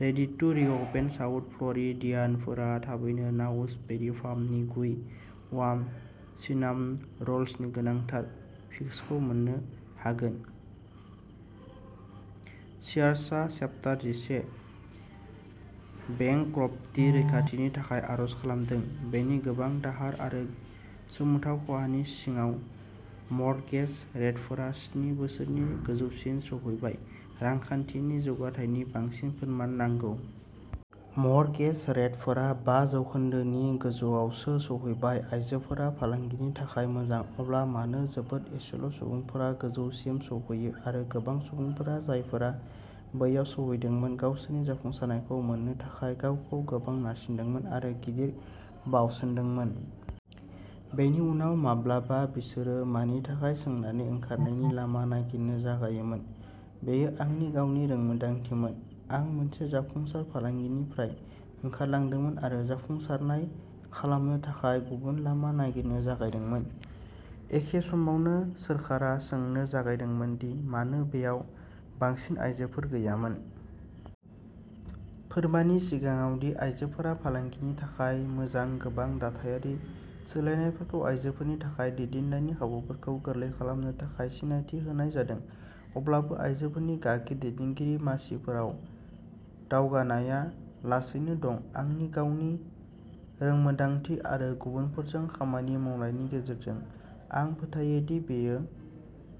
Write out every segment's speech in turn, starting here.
Ready to reopen south फ्ल'रिडियानफोरा थाबैनो नाउस बेरि फार्मनि गुई, वार्म सिनामन र'ल्सनि गोनांथार फिक्सखौ मोन्नो हागोन। सियार्सआ चेप्टार जिसे बेंक्रप्टि रैखाथिनि थाखाय आर'ज खालामदों, बेनि गोबां दाहार आरो गोमोथाव खहानि सिङाव। मर्टगेज रेटफोरा स्नि बोसोरनि गोजौसिम सौहैबाय, रांखान्थिनि जौगाथायनि बांसिन फोरमान नांगौ? मर्टगेज रेटफोरा बा जौखोन्दो नि गोजौआवसो सौहैबाय। आयजोफोरा फालांगिनि थाखाय मोजां। अब्ला मानो जोबोद एसेल' सुबुंफोरा गोजौसिम सौहैयो आरो गोबां सुबुंफोरा जायफोरा बैयाव सौहैदोंमोन गावसोरनि जाफुंसारनायखौ मोननो थाखाय गावखौ गोबां नारसिनदोंमोन आरो गिदिर बावसोमदोंमोन। बेनि उनाव, माब्लाबा बिसोरो मानि थाखाय सोंनानै ओंखारनायनि लामा नागिरनो जागायोमोन। बेयो आंनि गावनि रोंमोनदांथिमोन। आं मोनसे जाफुंसार फालांगिनिफ्राय ओंखारलांदोंमोन आरो जाफुंसारनाय खालामनो थाखाय गुबुन लामा नागिरनो जागायदोंमोन। एखे समावनो सोरखारा सोंनो जागायदोंमोन दि मानो बेयाव बांसिन आइजोफोर गैयामोन। फोरमाननि सिगाङाव दि आइजोफोरा फालांगिनि थाखाय मोजां। गोबां दाथायारि सोलायनायफोरखौ आइजोफोरनि थाखाय दैदेननायनि खाबुफोरखौ गोरलै खालामनो थाखाय सिनायथि होनाय जादों। अब्लाबो आइजोफोरनि गागि दैदेनगिरि मासिफोराव दावगानायआ लासैनो दं। आंनि गावनि रोंमोनदांथि आरो गुबुनफोरजों खामानि मावनायनि गेजेरजों, आं फोथायो दि बेयो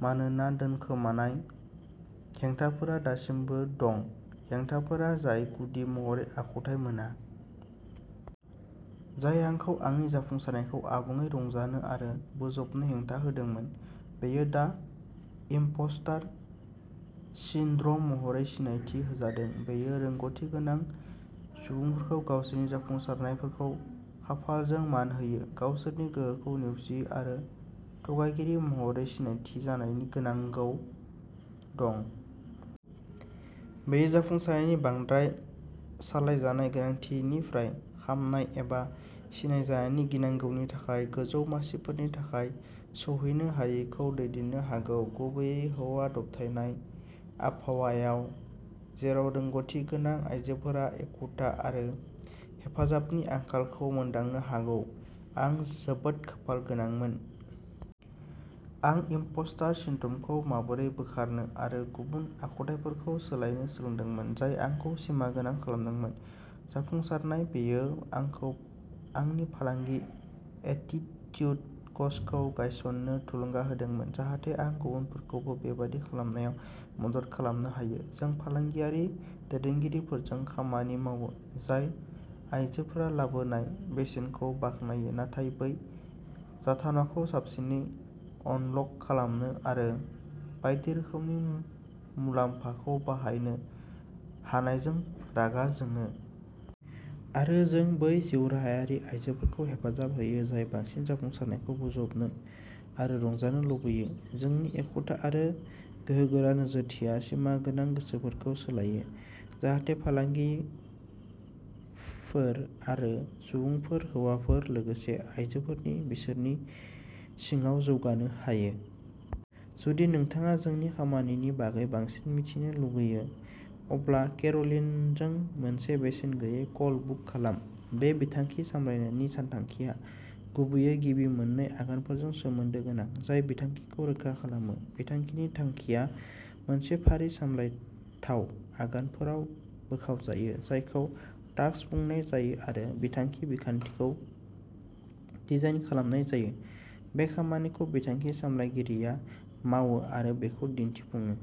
मानोना दोनखोमानाय हेंथाफोरा दासिमबो दं; हेंथाफोर जाय गुदि महरै आखुथाय गोनां। जाय आंखौ आंनि जाफुंसारनायखौ आबुङै रंजानो आरो बोजबनो हेंथा होदोंमोन, बेयो दा इमपस्टार सिन्ड्रम महरै सिनायथि होजादों। बेयो रोंग'थिगोनां सुबुंफोरखौ गावसोरनि जाफुंसारनायफोरखौ खाफालजों मान होयो, गावसोरनि गोहोखौ नेवसियो आरो थगायगिरि महरै सिनायथि जानायनि गिनांगौ दं। बेयो जाफुंसारनायनि बांद्राय सालायजानाय गोनांथिनिफ्राय खामनाय एबा सिनायजानायनि गिनांगौनि थाखाय गोजौ मासिफोरनि थाखाय सौहैनो हायैखौ दैदेननो हागौ। गुबैयै हौवा दबथायनाय आबहावायाव जेराव रोंग'थिगोनां आइजोफोरा एखुथा आरो हेफाजाबनि आंखालखौ मोनदांनो हागौ। आं जोबोद खाफाल गोनांमोन। आं इमपस्टार सिन्ड्रमखौ माबोरै बोखारनो आरो गुबुन आखुथाइफोरखौ सोलायनो सोलोंदोंमोन जाय आंखौ सिमागोनां खालामदोंमोन। जाफुंसारनाय। बेयो आंखौ आंनि फालांगि, एटिट्युड कचखौ गायसन्नो थुलुंगा होदोंमोन, जाहाथे आं गुबुनफोरखौबो बेबादि खालामनायाव मदद खालामनो हायो। जों फालांगियारि दैदेनगिरिफोरजों खामानि मावो, जाय आयजोफोरा लाबोनाय बेसेनखौ बाख्नायो, नाथाय बै जाथावनाखौ साबसिनै अनलक खालामनो आरो बायदि रोखोमनि मुलाम्फाखौ बाहायनो हानायजों रागा जोङो। आरो जों बै जिउराहायारि आयजोफोरखौ हेफाजाब होयो, जाय बांसिन जाफुंसारनायखौ बोजबनो आरो रंजानो लुबैयो। जोंनि एखुथा आरो गोहोगोरा नोजोरथिया सिमा गोनां गोसोफोरखौ सोलायो, जाहाथे फालांगिफोर आरो सुबुंफोर हौवाफोर लोगोसे आयजोफोर बिसोरनि सिङाव जौगानो हायो। जुदि नोंथाङा जोंनि खामानिनि बागै बांसिन मिथिनो लुगैयो, अब्ला केर'लिनजों मोनसे बेसेन गैयै कल बुक खालाम। बे बिथांखि सामलायनायनि सानथांखिआ गुबैयै गिबि मोन्नै आगानफोरजों सोमोन्दो गोनां, जाय बिथांखिखौ रोखा खालामो; बिथांखिनि थांखिया मोनसे फारि सामलायथाव आगानफोराव बोखावजायो, जायखौ टास्क बुंनाय जायो आरो बिथांखि बिखान्थिखौ डिजाइन खालामनाय जायो; बे खामानिखौ बिथांखि सामलायगिरिया मावो आरो बेखौ दिन्थिफुङो।